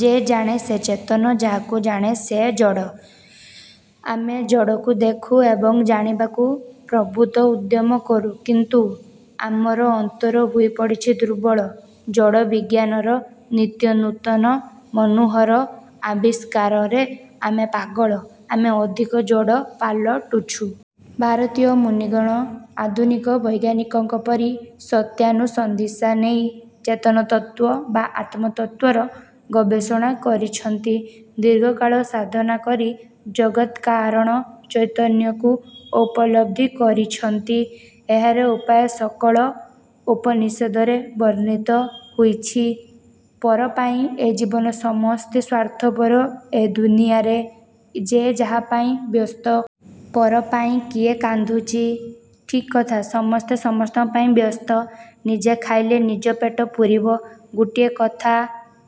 ଯେ ଜାଣେ ସେ ଚେତନ, ଯାହାକୁ ଜାଣେ ସେ ଜଡ଼। ଆମେ ଜଡ଼କୁ ଦେଖୁ ଏବଂ ଜାଣିବାକୁ ପ୍ରଭୂତ ଉଦ୍ୟମ କରୁ, କିନ୍ତୁ ଆମର ଅନ୍ତର ହୋଇପଡ଼ିଛି ଦୁର୍ବଳ। ଜଡ଼ ବିଜ୍ଞାନର ନିତ୍ୟ ନୂତନ ମନୋହର ଆବିଷ୍କାରରେ ଆମେ ପାଗଳ; ଆମେ ଅଧିକ ଜଡ଼ ପାଲଟୁଛୁ। ଭାରତୀୟ ମୁନିଗଣ ଆଧୁନିକ ବୈଜ୍ଞାନିକଙ୍କ ପରି ସତ୍ୟାନୁସନ୍ଧିତ୍ସା ନେଇ ଚେତନତତ୍ତ୍ୱ ବା ଆତ୍ମତତ୍ତ୍ୱର ଗବେଷଣା କରିଛନ୍ତି। ଦୀର୍ଘକାଳ ସାଧନା କରି ଜଗତ୍କାରଣ ଚୈତନ୍ୟକୁ ଉପଲବ୍ଧି କରିଛନ୍ତି। ଏହାର ଉପାୟସକଳ ଉପନିଷଦରେ ବର୍ଣ୍ଣିତ ହୋଇଛି। ପରପାଇଁ ଏ ଜୀବନ ସମସ୍ତେ ସ୍ୱାର୍ଥପର ଏ ଦୁନିଆରେ। ଯେ ଯାହାପାଇଁ ବ୍ୟସ୍ତ। ପରପାଇଁ କିଏ କାନ୍ଦୁଛି? ଠିକ୍ କଥା। ସମସ୍ତେ ସମସ୍ତଙ୍କପାଇଁ ବ୍ୟସ୍ତ। ନିଜେ ଖାଇଲେ ନିଜ ପେଟ ପୂରିବ। ଗୋଟିଏ କଥା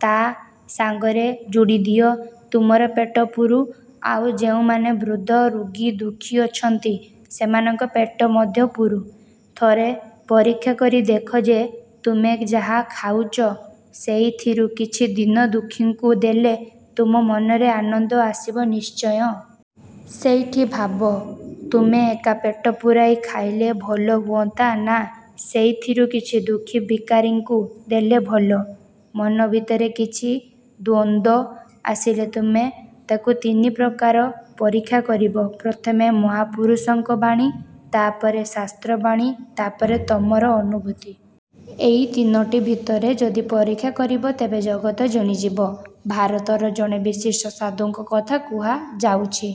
ତା' ସାଙ୍ଗରେ ଯୋଡ଼ିଦିଅ—ତୁମର ପେଟ ପୂରୁ, ଆଉ ଯେଉଁମାନେ ବୃଦ୍ଧ, ରୋଗୀ, ଦୁଃଖୀ ଅଛନ୍ତି, ସେମାନଙ୍କ ପେଟ ମଧ୍ୟ ପୂରୁ। ଥରେ ପରୀକ୍ଷା କରି ଦେଖ ଯେ ତୁମେ ଯାହା ଖାଉଚ, ସେଇଥିରୁ କିଛି ଦୀନ-ଦୁଃଖୀଙ୍କୁ ଦେଲେ ତୁମ ମନରେ ଆନନ୍ଦ ଆସିବ ନିଶ୍ଚୟ। ସେଇଠି ଭାବ, ତୁମେ ଏକା ପେଟ ପୂରାଇ ଖାଇଲେ ଭଲ ହୁଅନ୍ତା ନା ସେଇଥିରୁ କିଛି ଦୁଃଖୀ ଭିକାରୀଙ୍କୁ। ଦେଲେ ଭଲ? ମନ ଭିତରେ କିଛି ଦ୍ୱନ୍ଦ୍ୱ ଆସିଲେ ତୁମେ ତାକୁ ତିନିପ୍ରକାର ପରୀକ୍ଷା କରିବ। ପ୍ରଥମେ ମହାପୁରୁଷଙ୍କ ବାଣୀ, ତା'ପରେ ଶାସ୍ତ୍ର-ବାଣୀ, ତା'ପରେ ତମର ଅନୁଭୂତି। ଏଇ ତିନୋଟି ଭିତରେ ଯଦି ପରୀକ୍ଷା କରିବ ତେବେ ଜଗତ ଜିଣିଯିବ। ଭାରତର ଜଣେ ବିଶିଷ୍ଟ ସାଧୁଙ୍କ କଥା କୁହାଯାଉଛି।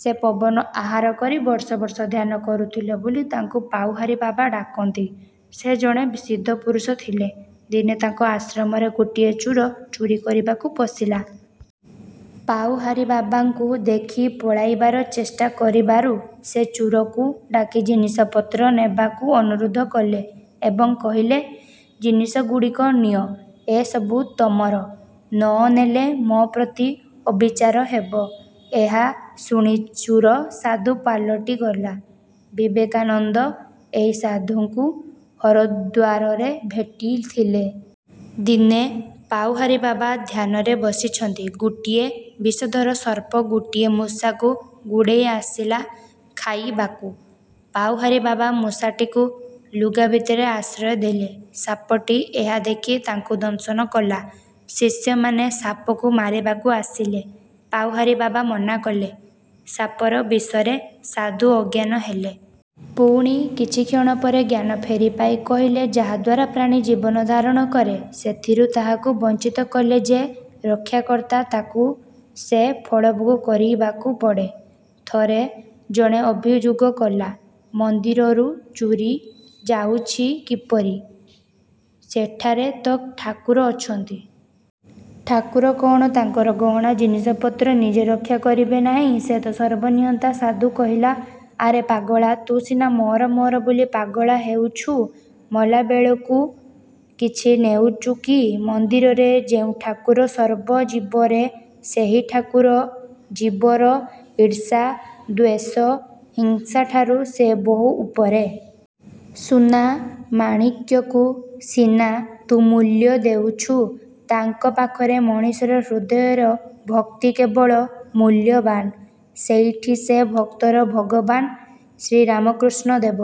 ସେ ପବନ ଆହାର କରି ବର୍ଷ ବର୍ଷ ଧ୍ୟାନ କରୁଥିଲେ ବୋଲି ତାଙ୍କୁ ପଓହାରୀବାବା ଡାକନ୍ତି। ସେ ଜଣେ ସିଦ୍ଧପୁରୁଷ ଥିଲେ। ଦିନେ ତାଙ୍କ ଆଶ୍ରମରେ ଗୋଟିଏ ଚୋର ଚୋରି କରିବାକୁ ପଶିଲା। ପଓହାରୀବାବାଙ୍କୁ ଦେଖି ପଳାଇବାର ଚେଷ୍ଟା କରିବାରୁ ସେ ଚୋରକୁ ଡାକି ଜିନିଷପତ୍ର ନେବାକୁ ଅନୁରୋଧ କଲେ ଏବଂ କହିଲେ, ''ଜିନିଷଗୁଡ଼ିକ ନିଅ। ଏ ସବୁ ତମର। ନ ନେଲେ ମୋ ପ୍ରତି ଅବିଚାର ହେବ। '' ଏହା ଶୁଣି ଚୋର ସାଧୁ ପାଲଟିଗଲା। ବିବେକାନନ୍ଦ ଏହି ସାଧୁଙ୍କୁ ହରଦ୍ୱାରରେ ଭେଟିଥିଲେ। ଦିନେ ପଓହାରୀବାବା ଧ୍ୟାନରେ ବସିଛନ୍ତି, ଗୋଟିଏ ବିଷଧର ସର୍ପ ଗୋଟିଏ ମୂଷାକୁ ଗୋଡ଼େଇ ଆସିଲା ଖାଇବାକୁ। ପଓହାରୀବାବା ମୂଷାଟିକୁ ଲୁଗାଭିତରେ ଆଶ୍ରୟ ଦେଲେ। ସାପଟି ଏହା ଦେଖି ତାଙ୍କୁ ଦଂଶନ କଲା। ଶିଷ୍ୟମାନେ ସାପକୁ ମାରିବାକୁ ଆସିଲେ। ପଓହାରୀବାବା ମନା କଲେ। ସାପର ବିଷରେ ସାଧୁ ଅଜ୍ଞାନ ହେଲେ। ପୁଣି କିଛିକ୍ଷଣ ପରେ ଜ୍ଞାନ ଫେରିପାଇ କହିଲେ—''ଯାହାଦ୍ୱାରା ପ୍ରାଣୀ ଜୀବନ ଧାରଣ କରେ, ସେଥିରୁ ତାହାକୁ ବଞ୍ଚିତ କଲେ, ଯେ ରକ୍ଷାକର୍ତ୍ତା ତାକୁ ସେ ଫଳଭୋଗ କରିବାକୁ ପଡ଼େ। '' ଥରେ ଜଣେ ଅଭିଯୋଗ କଲା, 'ମନ୍ଦିରରୁ ଚୋରି ଯାଉଛି କିପରି? ସେଠାରେ ତ ଠାକୁର ଅଛନ୍ତି। ଠାକୁର କ'ଣ ତାଙ୍କର ଗହଣା, ଜିନିଷପତ୍ର ନିଜେ ରକ୍ଷା କରିବେ ନାହିଁ? ସେ ତ ସର୍ବନିୟନ୍ତା'। ସାଧୁ କହିଲା—''ଆରେ ପାଗଳା, ତୁ ସିନା 'ମୋର' 'ମୋର' ବୋଲି ପାଗଳା ହେଉଛୁ। ମଲାବେଳକୁ କିଛି ନେଉଚୁ କି? ମନ୍ଦିରରେ ଯେଉଁ ଠାକୁର, ସର୍ବଜୀବରେ ସେହି ଠାକୁର ଜୀବର ଈର୍ଷା, ଦ୍ୱେଷ, ହିଂସାଠାରୁ ସେ ବହୁ ଉପରେ। ସୁନା, ମାଣିକ୍ୟକୁ ସିନା ତୁ ମୂଲ୍ୟ ଦେଉଛୁ, ତାଙ୍କ ପାଖରେ ମଣିଷର ହୃଦୟର ଭକ୍ତି କେବଳ ମୂଲ୍ୟବାନ। ସେଇଠି ସେ ଭକ୍ତର ଭଗବାନ। ଶ୍ରୀରାମକୃଷ୍ଣ ଦେବ